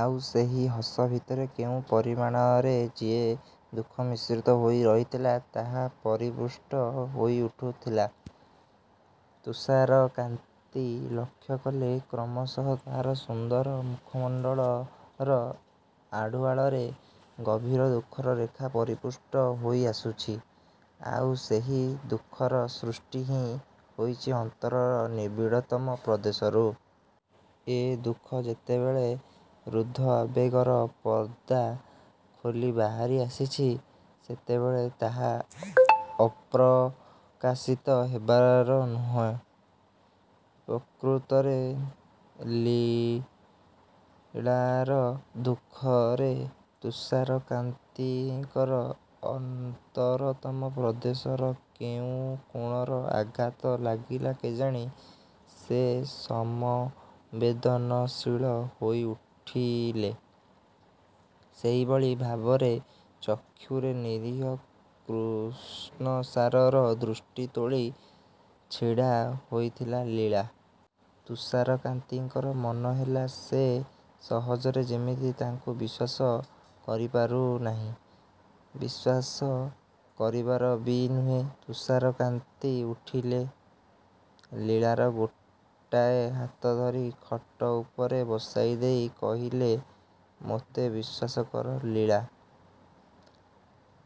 ଆଉ ସେହି ହସ ଭିତରେ କେଉଁ ପରିମାଣରେ ଯେ ଦୁଃଖ ମିଶ୍ରିତ ହୋଇ ରହିଥିଲା, ତାହା ପରିଷ୍ଫୁଟ ହୋଇଉଠୁଥିଲା। ତୁଷାରକାନ୍ତି ଲକ୍ଷ୍ୟ କଲେ, କ୍ରମଶଃ ତାର ସୁନ୍ଦର ମୁଖମଣ୍ଡଳର ଆଢ଼ୁଆଳରେ ଗଭୀର ଦୁଃଖର ରେଖା ପରିଷ୍ଫୁଟ ହୋଇ ଆସୁଛି। ଆଉ ସେହି ଦୁଃଖର ସୃଷ୍ଟି ହିଁ ହୋଇଛି ଅନ୍ତରର ନିବିଡ଼ତମ ପ୍ରଦେଶରୁ। ଏ ଦୁଃଖ ଯେତେବେଳେ ରୁଦ୍ଧ ଆବେଗର ପର୍ଦ୍ଦା ଖୋଲି ବାହାରି ଆସିଛି, ସେତେବେଳେ ତାହା ଅପ୍ରକାଶିତ ହେବାର ନୁହେଁ। ପ୍ରକୃତରେ ଲୀଳାର ଦୁଃଖରେ ତୁଷାରକାନ୍ତିଙ୍କର ଅନ୍ତରତମ ପ୍ରଦେଶର କେଉଁ କୋଣରେ ଆଘାତ ଲାଗିଲା କେଜାଣି, ସେ ସମବେଦନଶୀଳ ହୋଇଉଠିଲେ। ସେହିଭଳି ଭାବରେ ଚକ୍ଷୁରେ ନିରୀହ କୃଷ୍ଣସାରର ଦୃଷ୍ଟି ତୋଳି ଛିଡ଼ା ହୋଇଥିଲା ଲୀଳା। ତୁଷାରକାନ୍ତିଙ୍କର ମନେହେଲା, ସେ ସହଜରେ ଯେମିତି ତାଙ୍କୁ ବିଶ୍ୱାସ କରିପାରୁନାହିଁ। ବିଶ୍ୱାସ କରିବାର ବି ନୁହେଁ। ତୁଷାରକାନ୍ତି ଉଠିଲେ। ଲୀଳାର ଗୋଟାଏ ହାତ ଧରି ଖଟ ଉପରେ ବସାଇ ଦେଇ କହିଲେ, ମୋତେ ବିଶ୍ୱାସ କର ଲୀଳା।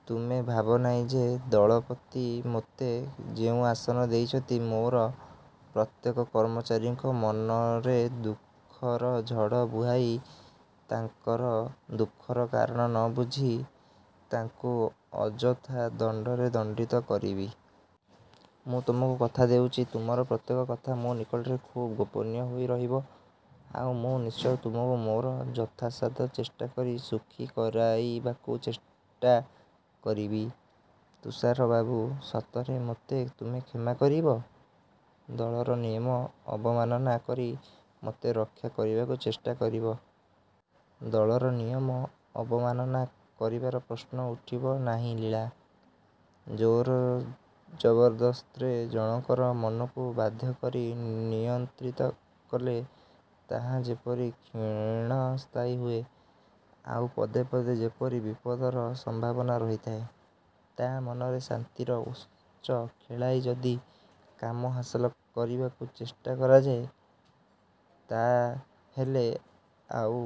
ତୁମେ ଭାବ ନାହିଁ ଯେ ଦଳପତି ମୋତେ ଯେଉଁ ଆସନ ଦେଇଛନ୍ତି, ମୋର ପ୍ରତ୍ୟେକ କର୍ମଚାରୀଙ୍କ ମନରେ ଦୁଃଖର ଝଡ଼ ବୁହାଇ, ତାଙ୍କର ଦୁଃଖର କାରଣ ନ ବୁଝି ତାଙ୍କୁ ଅଯଥା ଦଣ୍ଡରେ ଦଣ୍ଡିତ କରିବି। ମୁଁ ତୁମକୁ କଥା ଦେଉଛି, ତୁମର ପ୍ରତ୍ୟେକ କଥା ମୋ ନିକଟରେ ଖୁବ୍ ଗୋପନୀୟ ହୋଇ ରହିବ। ଆଉ ମୁଁ ନିଶ୍ଚୟ ତୁମକୁ ମୋର ଯଥାସାଧ୍ୟ ଚେଷ୍ଟା କରି ସୁଖୀ କରାଇବାକୁ ଚେଷ୍ଟା କରିବି। ତୁଷାର ବାବୁ, ସତରେ ମୋତେ ତୁମେ କ୍ଷମା କରିବ? ଦଳର ନିୟମ ଅବମାନନା କରି ମୋତେ ରକ୍ଷା କରିବାକୁ ଚେଷ୍ଟା କରିବ? ଦଳର ନିୟମ ଅବମାନନା କରିବାର ପ୍ରଶ୍ନ ଉଠିବ ନାହିଁ ଲୀଳା। ଜୋର୍‌ଜବରଦସ୍ତରେ ଜଣକର ମନକୁ ବାଧ୍ୟ କରି ନିୟନ୍ତ୍ରିତ କଲେ ତାହା ଯେପରି କ୍ଷୀଣସ୍ଥାୟୀ ହୁଏ ଆଉ ପଦେ ପଦେ ଯେପରି ବିପଦର ସମ୍ଭାବନା ରହିଥାଏ ତା ମନରେ ଶାନ୍ତିର ଉତ୍ସ ଖେଳାଇ ଯଦି କାମ ହାସଲ କରିବାକୁ ଚେଷ୍ଟା କରାଯାଏ ତା ହେଲେ ଆଉ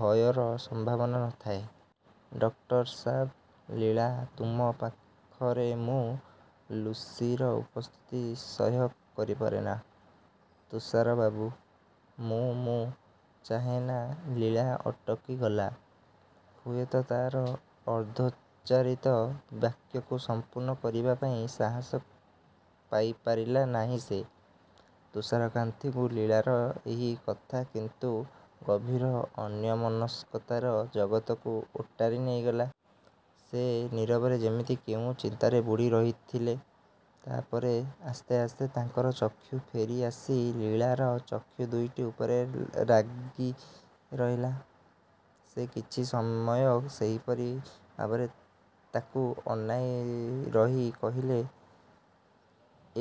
ଭୟର ସମ୍ଭାବନା ନଥାଏ। ଡକ୍ଟର ସାବ ଲୀଳା ତୁମ ପାଖରେ ମୁଁ ଲୁସିର ଉପସ୍ଥିତି ସହ୍ୟ କରିପାରେନା ତୁଷାର ବାବୁ। ମୁଁ ମୁଁ ଚାହେଁନା ଲୀଳା ଅଟକିଗଲା। ହୁଏତ ତାର ଅର୍ଦ୍ଧୋଚ୍ଚାରିତ ବାକ୍ୟକୁ ସମ୍ପୂର୍ଣ୍ଣ କରିବା ପାଇଁ ସାହସ ପାଇପାରିଲା ନାହିଁ ସେ ତୁଷାରକାନ୍ତିଙ୍କୁ ଲୀଳାର ଏହି କଥା କିନ୍ତୁ ଗଭୀର ଅନ୍ୟମନସ୍କତାର ଜଗତକୁ ଓଟାରି ନେଇଗଲା। ସେ ନୀରବରେ ଯେମିତି କେଉଁ ଚିନ୍ତାରେ ବୁଡ଼ି ରହିଥିଲେ। ତା ପରେ ଆସ୍ତେ ଆସ୍ତେ ତାଙ୍କର ଚକ୍ଷୁ ଫେରି ଆସି ଲୀଳାର ଚକ୍ଷୁ ଦୁଇଟି ଉପରେ ଲାଗିରହିଲା। ସେ କିଛି ସମୟ ସେହିପରି ଭାବରେ ତାକୁ ଅନାଇ ରହି କହିଲେ,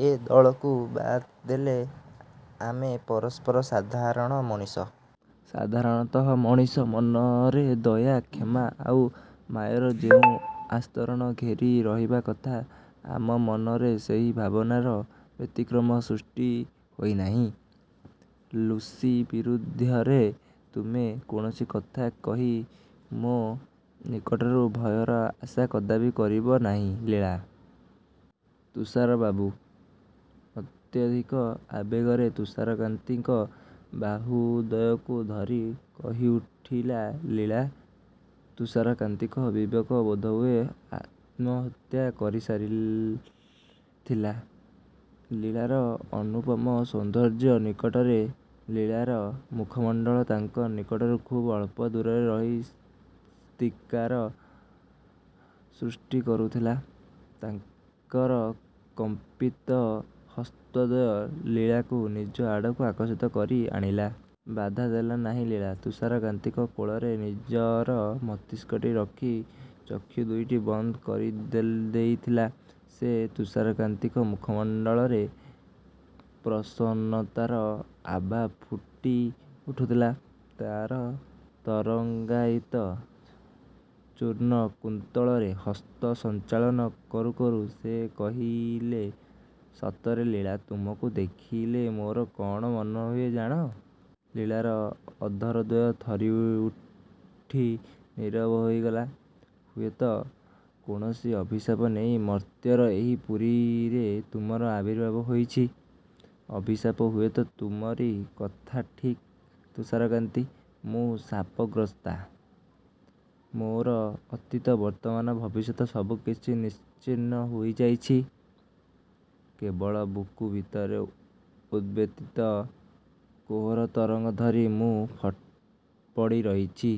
ଏ ଦଳକୁ ବାଦ୍ ଦେଲେ ଆମେ ପରସ୍ପର ସାଧାରଣ ମଣିଷ। ସାଧାରଣତଃ ମଣିଷ ମନରେ ଦୟା, କ୍ଷମା ଆଉ ମାୟାର ଯେଉଁ ଆସ୍ତରଣ ଘେରି ରହିବା କଥା, ଆମ ମନରେ ସେହି ଭାବନାର ବ୍ୟତିକ୍ରମ ସୃଷ୍ଟି ହୋଇନାହିଁ। ଲୁସି ବିରୁଦ୍ଧରେ ତୁମେ କୌଣସି କଥା କହି ମୋ ନିକଟରୁ ଭୟର ଆଶା କଦାପି କରିବ ନାହିଁ ଲୀଳା। ତୁଷାର ବାବୁ ଅତ୍ୟଧିକ ଆବେଗରେ ତୁଷାରକାନ୍ତିଙ୍କ ବାହୁଦ୍ୱୟକୁ ଧରି କହିଉଠିଲା ଲୀଳା। ତୁଷାରକାନ୍ତିଙ୍କ ବିବେକ ବୋଧହୁଏ ଆତ୍ମହତ୍ୟା କରିସାରିଥିଲା ଲୀଳାର ଅନୁପମ ସୌନ୍ଦର୍ଯ୍ୟ ନିକଟରେ। ଲୀଳାର ମୁଖମଣ୍ଡଳ ତାଙ୍କ ନିକଟରୁ ଖୁବ୍ ଅଳ୍ପ ଦୂରରେ ରହି ସୀତ୍କାର ସୃଷ୍ଟି କରୁଥିଲା। ତାଙ୍କର କମ୍ପିତ ହସ୍ତଦ୍ୱୟ ଲୀଳାକୁ ନିଜ ଆଡ଼କୁ ଆକର୍ଷିତ କରି ଆଣିଲା। ବାଧା ଦେଲା ନାହିଁ ଲୀଳା। ତୁଷାରକାନ୍ତିଙ୍କ କୋଳରେ ନିଜର ମସ୍ତିଷ୍କଟି ରଖି ଚକ୍ଷୁ ଦୁଇଟି ବନ୍ଦ କରିଦେଇ ଦେଇଥିଲା ସେ। ତୁଷାରକାନ୍ତିଙ୍କ ମୁଖମଣ୍ଡଳରେ ପ୍ରସନ୍ନତାର ଆଭା ଫୁଟିଉଠୁଥିଲା। ତାର ତରଙ୍ଗାୟିତ ଚୂର୍ଣ୍ଣ କୁନ୍ତଳରେ ହସ୍ତ ସଞ୍ଚାଳନ କରୁ କରୁ ସେ କହିଲେ ସତରେ ଲୀଳା ତୁମକୁ ଦେଖିଲେ ମୋର କଣ ମନେହୁଏ ଜାଣ? ଲୀଳାର ଅଧରଦ୍ୱୟ ଥରିଉଠି ନୀରବ ହୋଇଗଲା। ହୁଏତ କୌଣସି ଅଭିଶାପ ନେଇ ମର୍ତ୍ତ୍ୟର ଏହି ପୁରୀରେ ତୁମର ଆବିର୍ଭାବ ହୋଇଛି ଅଭିଶାପ ହୁଏତ ତୁମରି କଥା ଠିକ୍ ତୁଷାରକାନ୍ତି। ମୁଁ ଶାପଗ୍ରସ୍ତା, ମୋର ଅତୀତ, ବର୍ତ୍ତମାନ, ଭବିଷ୍ୟତ ସବୁ କିଛି ନିଶ୍ଚିହ୍ନ ହୋଇଯାଇଛି। କେବଳ ବୁକୁ ଭିତରେ ଉଦ୍‌ବେଳିତ କୋହର ତରଙ୍ଗ ଧରି ମୁଁ ପଡ଼ିରହିଛି।